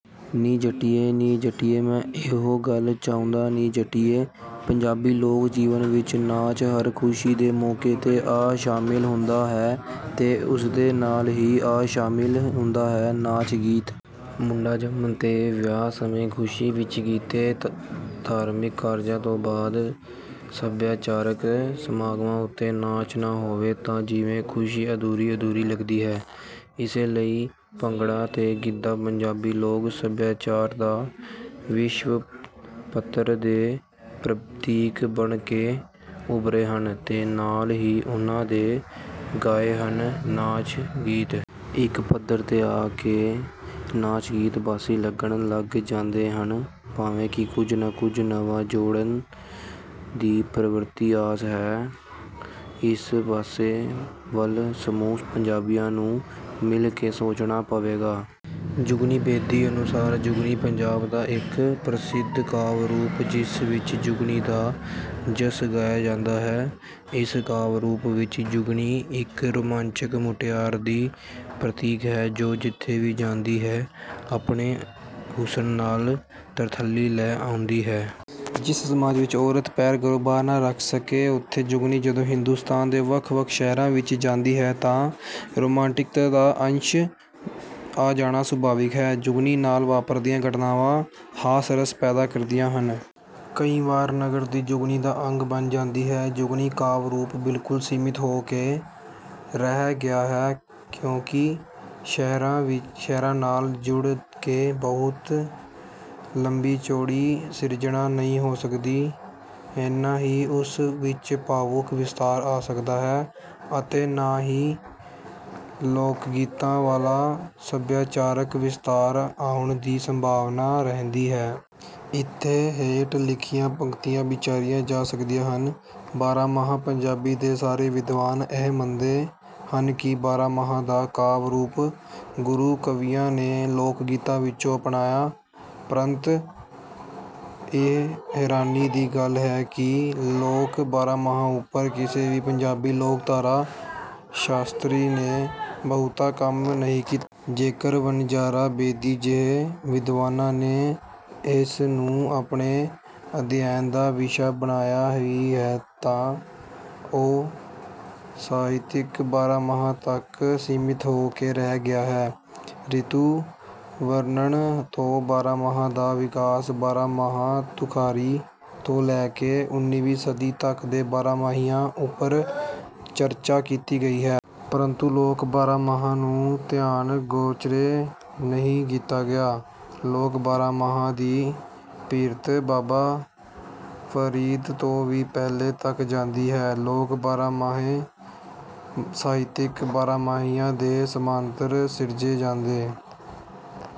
ਨੀ ਜੱਟੀਏ ਨੀ ਜੱਟੀਏ ਮੈਂ ਇਹੋ ਗੱਲ ਚਾਹੁੰਦਾ ਨੀ ਜੱਟੀਏ। ਪੰਜਾਬੀ ਲੋਕ ਜੀਵਨ ਵਿਚ ਨਾਚ ਹਰ ਖੁਸ਼ੀ ਦੇ ਮੌਕੇ ਤੇ ਆ ਸ਼ਾਮਿਲ ਹੁੰਦਾ ਹੈ ਤੇ ਉਸਦੇ ਨਾਲ਼ ਹੀ ਆ ਸ਼ਮਿਲ ਹੁੰਦਾ ਹੈ ਨਾਚ ਗੀਤ। ਮੁੰਡਾ ਜਮੰਣ ਤੇ, ਵਿਆਹ ਸਮੇਂ, ਖੁਸ਼ੀ ਵਿਚ ਕੀਤੇ ਧਾਰਮਿਕ ਕਾਰਜਾਂ ਤੋਂ ਬਾਦ, ਸਭਿਆਚਾਰਕ ਸਮਾਗਮਾਂ ਉੱਤੇ ਨਾਚ ਨਾ ਹੋਵੇ ਤਾਂ ਜਿਵੇਂ ਖੁਸ਼ੀ ਅਧੂਰੀ ਅਧੂਰੀ ਲੱਗਦੀ ਹੈ। ਇਸੇ ਲਈ ਭੰਗੜਾ ਤੇ ਗਿੱਧਾ ਪੰਜਾਬੀ ਲੋਕ ਸਭਿਆਚਾਰ ਦਾ ਵਿਸ਼ਵ ਪੱਧਰ ਤੇ ਪ੍ਰਤੀਕ ਬਣ ਕੇ ਉਭਰੇ ਹਨ ਤੇ ਨਾਲ਼ ਹੀ ਉਨ੍ਹਾਂ ਦੇ ਗਾਏ ਹਨ ਨਾਚ ਗੀਤ। ਇਕ ਪੱਧਰ ਤੇ ਆ ਕੇ ਨਾਚ ਗੀਤ ਬਾਸੀ ਲੱਗਣ ਲੱਗ ਜਾਂਦੇ ਹਨ ਭਾਵੇਂ ਕਿ ਕੁਝ ਨਾ ਕੁਝ ਨਵਾਂ ਜੋੜਨ ਦੀ ਪ੍ਰਵਿਰਤੀ ਆਮ ਹੈ। ਇਸ ਪਾਸੇ ਵਲ ਸਮੂਹ ਪੰਜਾਬੀਆ ਨੂੰ ਮਿਲ਼ ਕੇ ਸੋਚਣਾ ਪਵੇਗਾ। ਜੁਗਨੀ ਬੇਦੀ ਅਨੁਸਾਰ ਜੁਗਨੀ, "ਪੰਜਾਬ ਦਾ ਇਕ ਪ੍ਰਸਿਧ ਕਾਵਿ ਰੂਪ ਜਿਸ ਵਿਚ ਜੁਗਨੀ ਦਾ ਜੱਸ ਗਾਇਆ ਜਾਂਦਾ ਹੈ: ਇਸ ਕਾਵਿ ਰੂਪ ਵਿਚ ਜੁਗਨੀ ਇਕ ਰੋਮਾਂਚਕ ਮੁਟਿਆਰ ਦੀ ਪ੍ਰਤੀਕ ਹੈ ਜੋ ਜਿਥੇ ਵੀ ਜਾਂਦੀ ਹੈ ਆਪਣੇ ਹੁਸਨ ਨਾਲ ਤਰਥੱਲੀ ਲੈ ਆਉਂਦੀ ਹੈ। " ਜਿਸ ਸਮਾਜ ਵਿਚ ਔਰਤ ਪੈਰ ਘਰੋਂ ਬਾਹਰ ਨਾ ਰੱਖ ਸਕੇ ਉੱਥੇ ਜੁਗਨੀ ਜਦੋਂ ਹਿੰਦੁਸਤਾਨ ਦੇ ਵੱਖ ਵੱਖ ਸ਼ਹਿਰਾਂ ਵਿਚ ਜਾਂਦੀ ਹੈ ਤਾਂ ਰੁਮਾਂਟਿਕਤਾ ਦਾ ਅੰਸ਼ ਆ ਜਾਣਾ ਸੁਭਾਵਿਕ ਹੈ। ਜੁਗਨੀ ਨਾਲ ਵਾਪਰਦੀਆਂ ਘਟਨਾਵਾਂ ਹਾਸ ਰਸ ਪੈਦਾ ਕਰਦੀਆਂ ਹਨ। ਕਈ ਵਾਰ ਨਗਰ ਦੀ ਜੁਗਨੀ ਦਾ ਅੰਗ ਬਣ ਜਾਂਦੀ ਹੈ। ਜੁਗਨੀ ਕਾਵਿ ਰੂਪ ਬਿਲਕੁਲ ਸੀਮਿਤ ਹੋ ਕੇ ਰਹਿ ਗਿਆ ਹੈ ਕਿਉਂ ਕਿ ਸ਼ਹਿਰਾਂ ਨਾਲ ਜੁੜ ਕੇ ਬਹੁਤੀ ਲੰਬੀ ਚੌੜੀ ਸਿਰਜਣਾ ਨਹੀਂ ਹੋ ਸਕਦੀ,ੇ ਨਾਂ ਹੀ ਉਸ ਵਿਚ ਭਾਵੁਕ ਵਿਸਤਾਰ ਆ ਸਕਦਾ ਹੈ ਅਤੇ ਨਾ ਹੀ ਲੋਕਗੀਤਾਂ ਵਾਲਾ ਸਭਿਆਚਾਰਕ ਵਿਸਤਾਰ ਆਉਣ ਦੀ ਸੰਭਾਵਨਾ ਰਹਿੰਦੀ ਹੈ। ਇਥੇ ਹੇਠ ਲਿਖੀਆਂ ਪੰਕਤੀਆਂ ਵਿਚਾਰੀਆਂ ਜਾ ਸਕਦੀਆਂ ਹਨ; ਬਾਰਾਂਮਾਹਾਂ ਪੰਜਾਬੀ ਦੇ ਸਾਰੇ ਵਿਦਵਾਨ ਇਹ ਮੰਨਦੇ ਹਨ ਕਿ ਬਾਰਾਂਮਾਹਾਂ ਦਾ ਕਾਵਿ ਰੂਪ ਗੁਰੂ ਕਵੀਆਂ ਨੇ ਲੋਕਗੀਤਾਂ ਵਿਚੋਂ ਅਪਣਾਇਆ ਪਰੰਤੂ ਇਹ ਹੈਰਾਨੀ ਦੀ ਗੱਲ ਹੈ ਕਿ ਲੋਕ ਬਾਰਾਂਮਾਹਾਂ ਉਪਰ ਕਿਸੇ ਵੀ ਪੰਜਾਬੀ ਲੋਕਧਾਰਾ ਸ਼ਾਸਤਰੀ ਨੇ ਬਹੁਤਾ ਕੰਮ ਨਹੀਂ ਕੀਤਾ। ਜੇਕਰ ਵਣਜਾਰਾ ਬੇਦੀ ਜਿਹੇ ਵਿਦਵਾਨਾਂ ਨੇ ਇਸ ਨੂੰ ਆਪਣੇ ਅਧਿਐਨ ਦਾ ਵਿਸ਼ਾ ਬਣਾਇਆ ਵੀ ਹੈ ਤਾਂ ਉਹ ਸਾਹਿਤਿਕ ਬਾਰਾਂਮਾਹਿਆਂ ਤੱਕ ਸੀਮਿਤ ਹੋ ਕੇ ਰਹਿ ਗਿਆ ਹੈ। ਰਿਤੂ ਵਰਣਨ ਤੋਂ ਬਾਰਾਂਮਾਹਾਂ ਦਾ ਵਿਕਾਸ, ਬਾਰਾਂਮਾਹਾਂ ਤੁਖਾਰੀ ਤੋਂ ਲੈ ਕੇ ਉਨੀਵੀਂ ਸਦੀ ਤੱਕ ਦੇ ਬਾਰਾਂਮਾਹਿਆਂ ਉੱਪਰ ਚਰਚਾ ਕੀਤੀ ਗਈ ਹੈ। ਪਰੰਤੂ ਲੋਕ ਬਾਰਾਂਮਾਹਾਂ ਨੂੰ ਧਿਆਨ ਗੋਚਰੇ ਨਹੀਂ ਕੀਤਾ ਗਿਆ। ਲੋਕ ਬਾਰਾਂਮਾਹਾਂ ਦੀ ਪਿਰਤ ਬਾਬਾ ਫ਼ਰੀਦ ਤੋਂ ਵੀ ਪਹਿਲਾਂ ਤੱਕ ਜਾਂਦੀ ਹੈ। ਲੋਕ ਬਾਰਾਂਮਾਹੇਂ ਸਾਹਤਿਕ ਬਾਰਾਂਮਾਹਿਆਂ ਦੇ ਸਮਾਨੰਤਰ ਸਿਰਜੇ ਜਾਂਦੇ